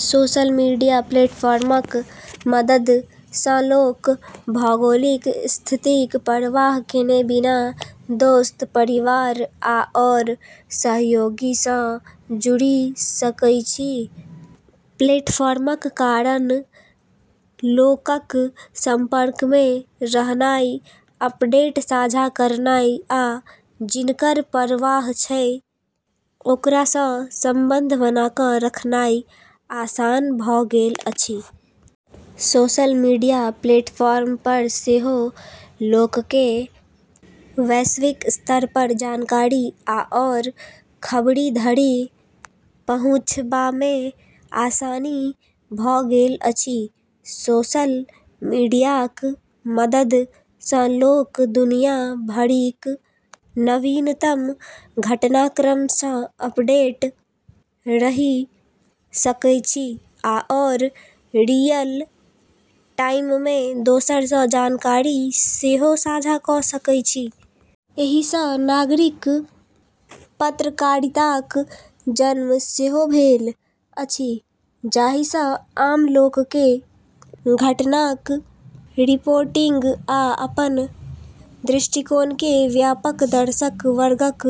Social media प्लेटफॉर्मक मदद सँ लोक भौगोलिक स्थितिक परवाह केने बिना दोस्त, परिवार, आओर सहयोगी सँ जुड़ि सकैछी। प्लेटफॉर्मक कारण लोकक संपर्कमे रहनाइ, अपडेट साझा करनाइ, आ जिनकर परवाह छै ओकरा सँ संबंध बना क’ रखनाइ आसान भ’ गेल अछि। सोशल मीडिया प्लेटफॉर्म पर सेहो लोककेँ वैश्विक स्तर पर जानकारी आओर खबरि धरि पहुँछबामे आसानी भ’ गेल अछि। सोशल मीडियाक मदद सँ लोक दुनिया भरिक नवीनतम घटनाक्रम सँ अपडेट रहि सकैछी, आओर रियल टाइममे दोसर सँ जानकारी सेहो साझा क’ सकैछी। एहि सँ नागरिक पत्रकारिताक जन्म सेहो भेल अछि, जाहि सँ आम लोककेँ घटनाक रिपोर्टिंग आ अपन दृष्टिकोणकेँ व्यापक दर्शक वर्गक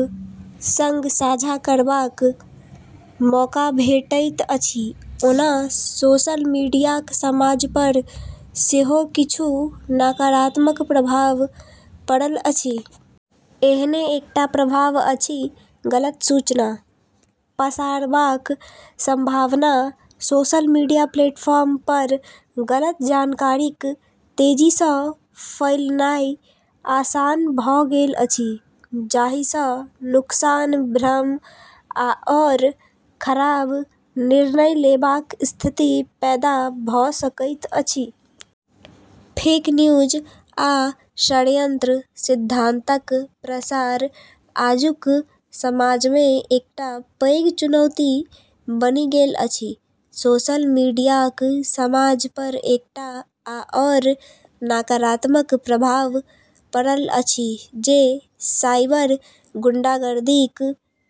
संग साझा करबाक मौका भेटैत अछि। ओना सोशल मीडियाक समाज पर सेहो किछु नकारात्मक प्रभाव पड़ल अछि। एहने एकटा प्रभाव अछि गलत सूचना पसारबाक संभावना। सोशल मीडिया प्लेटफॉर्म पर गलत जानकारीक तेजी सँ फैलनाइ आसान भ’ गेल अछि, जाहि सँ नुकसान, भ्रम आओर खराब निर्णय लेबाक स्थिति पैदा भ’ सकैत अछि। फेक न्यूज आ षड्यंत्र सिद्धांतक प्रसार आजुक समाजमे एकटा पैघ चुनौती बनि गेल अछि। सोशल मीडियाक समाज पर एकटा आओर नकारात्मक प्रभाव पड़ल अछि जे साइबर गुंडागर्दीक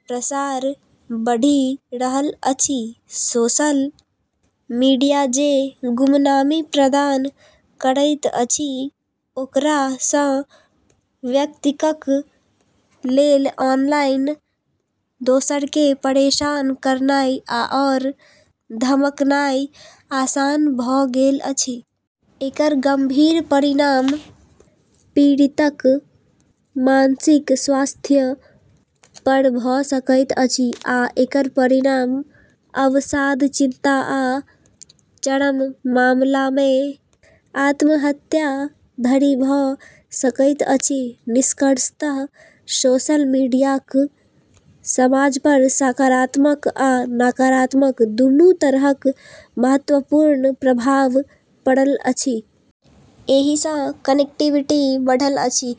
प्रसार बढ़ि रहल अछि। सोशल मीडिया जे गुमनामी प्रदान करैत अछि, ओकरा सँ व्यक्तिक लेल ऑनलाइन दोसरकेँ परेशान करनाइ आओर धमकनाइ आसान भ’ गेल अछि। एकर गंभीर परिणाम पीड़ितक मानसिक स्वास्थ्य पर भ’ सकैत अछि आ एकर परिणाम अवसाद, चिंता आ चरम मामलामे आत्महत्या धरि भ’ सकैत अछि। निष्कर्षतः सोशल मीडियाक समाज पर सकारात्मक आ नकारात्मक दुनू तरहक महत्वपूर्ण प्रभाव पड़ल अछि। एहि सँ कनेक्टिविटी बढ़ल अछि,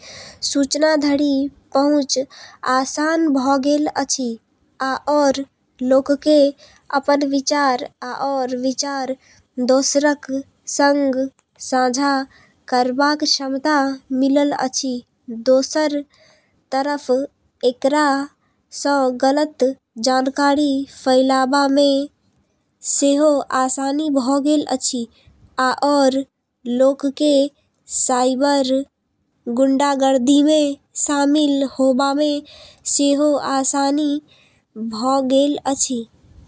सूचना धरि पहुँच आसान भ’ गेल अछि आओर लोककेँ अपन विचार आओर विचार दोसरक संग साझा करबाक क्षमता मिलल अछि। दोसर तरफ एकरा सँ गलत जानकारी फैलाबामे सेहो आसानी भ’ गेल अछि, आओर लोककेँ साइबर गुंडागर्दीमे शामिल होबामे सेहो आसानी भ’ गेल अछि।